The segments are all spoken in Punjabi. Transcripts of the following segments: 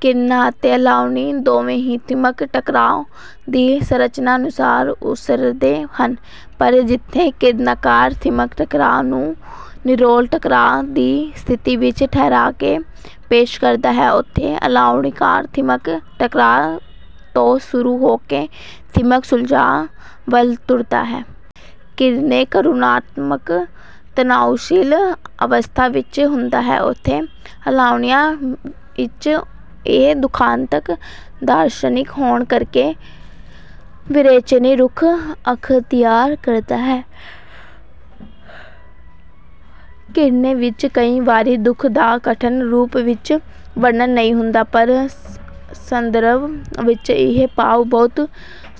ਕੀਰਨਾ ਅਤੇ ਅਲਾਹੁਣੀ ਦੋਵੇਂ ਹੀ ਥੀਮਕ ਟਕਰਾਅ ਦੀ ਸੰਰਚਨਾ ਅਨੁਸਾਰ ਉਸਰਦੇ ਹਨ ਪਰ ਜਿੱਥੇ ਕੀਰਨਾਕਾਰ ਥੀਮਕ ਟਕਰਾਅ ਨੂੰ ਨਿਰੋਲ ਟਕਰਾਅ ਦੀ ਸਥਿਤੀ ਵਿੱਚ ਠਹਿਰਾ ਕੇ ਪੇਸ਼ ਕਰਦਾ ਹੈ ਉੱਥੇ ਅਲਾਹੁਣੀਕਾਰ ਥੀਮਕ ਟਕਰਾਅ ਤੋਂ ਸ਼ੁਰੂ ਹੋ ਕੇ ਥੀਮਕ ਸੁਲਝਾਅ ਵੱਲ ਤੁਰਦਾ ਹੈ। ਕੀਰਨੇ ਕਰੁਣਾਤਮਕ ਤਨਾਉਸ਼ੀਲ ਅਵਸਥਾ ਵਿੱਚ ਹੁੰਦਾ ਹੈ ਉੱਥੇ ਅਲਾਹੁਣੀਆਂ ਵਿੱਚ ਇਹ ਦੁਖਾਂਤਕ ਦਾਰਸ਼ਨਿਕ ਹੋਣ ਕਰਕੇ ਵਿਰੇਚਨੀ ਰੁਖ ਅਖਤਿਆਰ ਕਰਦਾ ਹੈ। ਕੀਰਨੇ ਵਿੱਚ ਕਈ ਵਾਰੀ ਦੁਖ ਦਾ ਕਥਨ ਰੂਪ ਵਿੱਚ ਵਰਣਨ ਨਹੀਂ ਹੁੰਦਾ ਪਰ ਸੰਦਰਭ ਵਿੱਚ ਇਹ ਭਾਵ ਬਹੁਤ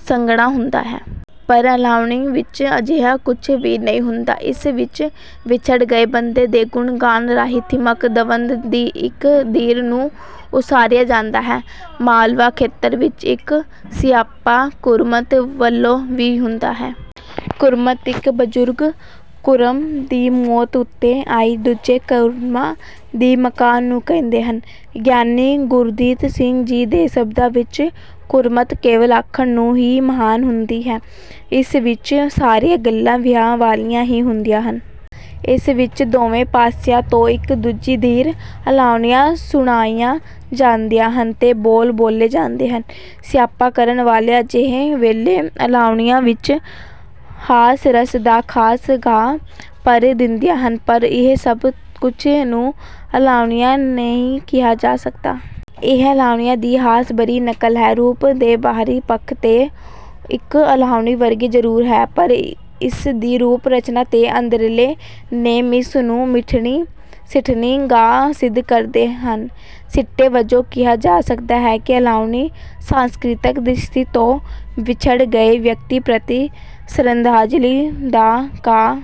ਸੰਘਣਾ ਹੁੰਦਾ ਹੈ। ਪਰ ਅਲਾਹੁਣੀ ਵਿੱਚ ਅਜਿਹਾ ਕੁੱਝ ਵੀ ਨਹੀਂ ਹੁੰਦਾ। ਇਸ ਵਿੱਚ ਵਿਛੜ ਗਏ ਬੰਦੇ ਦੇ ਗੁਣ ਗਾਨ ਰਾਹੀਂ ਥੀਮਕ ਦਵੰਦ ਦੀ ਇੱਕ ਧਿਰ ਨੂੰ ਉਸਾਰਿਆ ਜਾਂਦਾ ਹੈ। ਮਾਲਵਾ ਖੇਤਰ ਵਿੱਚ ਇੱਕ ਸਿਆਪਾ ਕੁੜਮੱਤ ਵੱਲੋਂ ਵੀ ਹੁੰਦਾ ਹੈ। ਕੁਰਮੱਤ ਇੱਕ ਬਜ਼ੁਰਗ ਕੁਰਮ ਦੀ ਮੌਤ ਉੱਤੇ ਆਈ ਦੂਜੇ ਕੁਰਮਾਂ ਦੀ ਮਕਾਨ ਨੂੰ ਕਹਿੰਦੇ ਹਨ। ਗਿਆਨੀ ਗੁਰਦਿੱਤ ਸਿੰਘ ਜੀ ਦੇ ਸ਼ਬਦਾਂ ਵਿੱਚ ਕੁਰਮਤ ਕੇਵਲ ਆਖਣ ਨੂੰ ਹੀ ਮਹਾਨ ਹੁੰਦੀ ਹੈ। ਇਸ ਵਿੱਚ ਸਾਰੀਆਂ ਗੱਲਾਂ ਵਿਆਹ ਵਾਲੀਆਂ ਹੀ ਹੁੰਦੀਆਂ ਹਨ। ਇਸ ਵਿੱਚ ਦੋਵੇਂ ਪਾਸਿਆਂ ਤੋਂ ਇੱਕ ਦੂਜੀ ਧਿਰ ਅਲਾਹੁਣੀਆਂ ਸੁਣਾਈਆਂ ਜਾਂਦੀਆਂ ਹਨ ਤੇ ਬੋਲ ਬੋਲੇ ਜਾਂਦੇ ਹਨ। ਸਿਆਪਾ ਕਰਨ ਵਾਲੀਆਂ ਅਜੇਹੇ ਵੇਲੇ ਅਲਾਹੁਣੀਆਂ ਵਿੱਚ ਹਾਸ ਰਸ ਦਾ ਖਾਸ ਗਾਹ ਭਰ ਦਿੰਦੀਆਂ ਹਨ ਪਰ ਇਹ ਸਭ ਕੁੱਝ ਨੂੰ ਅਲਾਹੁਣੀਆਂ ਨਹੀਂ ਕਿਹਾ ਜਾ ਸਕਦਾ। ਇਹ ਅਲਾਹੁਣੀਆਂ ਦੀ ਹਾਸ ਭਰੀ ਨਕਲ ਹੈ। ਰੂਪ ਦੇ ਬਾਹਰੀ ਪੱਖ ਤੋਂ ਇਹ ਅਲਾਹੁਣੀ ਵਰਗੀ ਜ਼ਰੂਰ ਹੈ ਪਰ ਇਸ ਦੀ ਰੂਪ ਰਚਨਾ ਦੇ ਅੰਦਰਲੇ ਨੇਮ ਇਸ ਨੂੰ ਸਿੱਠਣੀ ਗਾਹ ਸਿੱਧ ਕਰਦੇ ਹਨ। ਸਿੱਟੇ ਵਜੋਂ ਕਿਹਾ ਜਾ ਸਕਦਾ ਹੈ ਕਿ ਅਲਾਹੁਣੀ ਸਾਂਸਕ੍ਰਿਤਕ ਦ੍ਰਿਸ਼ਟੀ ਤੋਂ ਵਿਛੜ ਗਏ ਵਿਅਕਤੀ ਪ੍ਰਤੀ ਸ਼ਰਧਾਂਜਲੀ ਦਾ ਕਾਵਿ ਹੈ। ਗੁਜ਼ਰ ਗਏ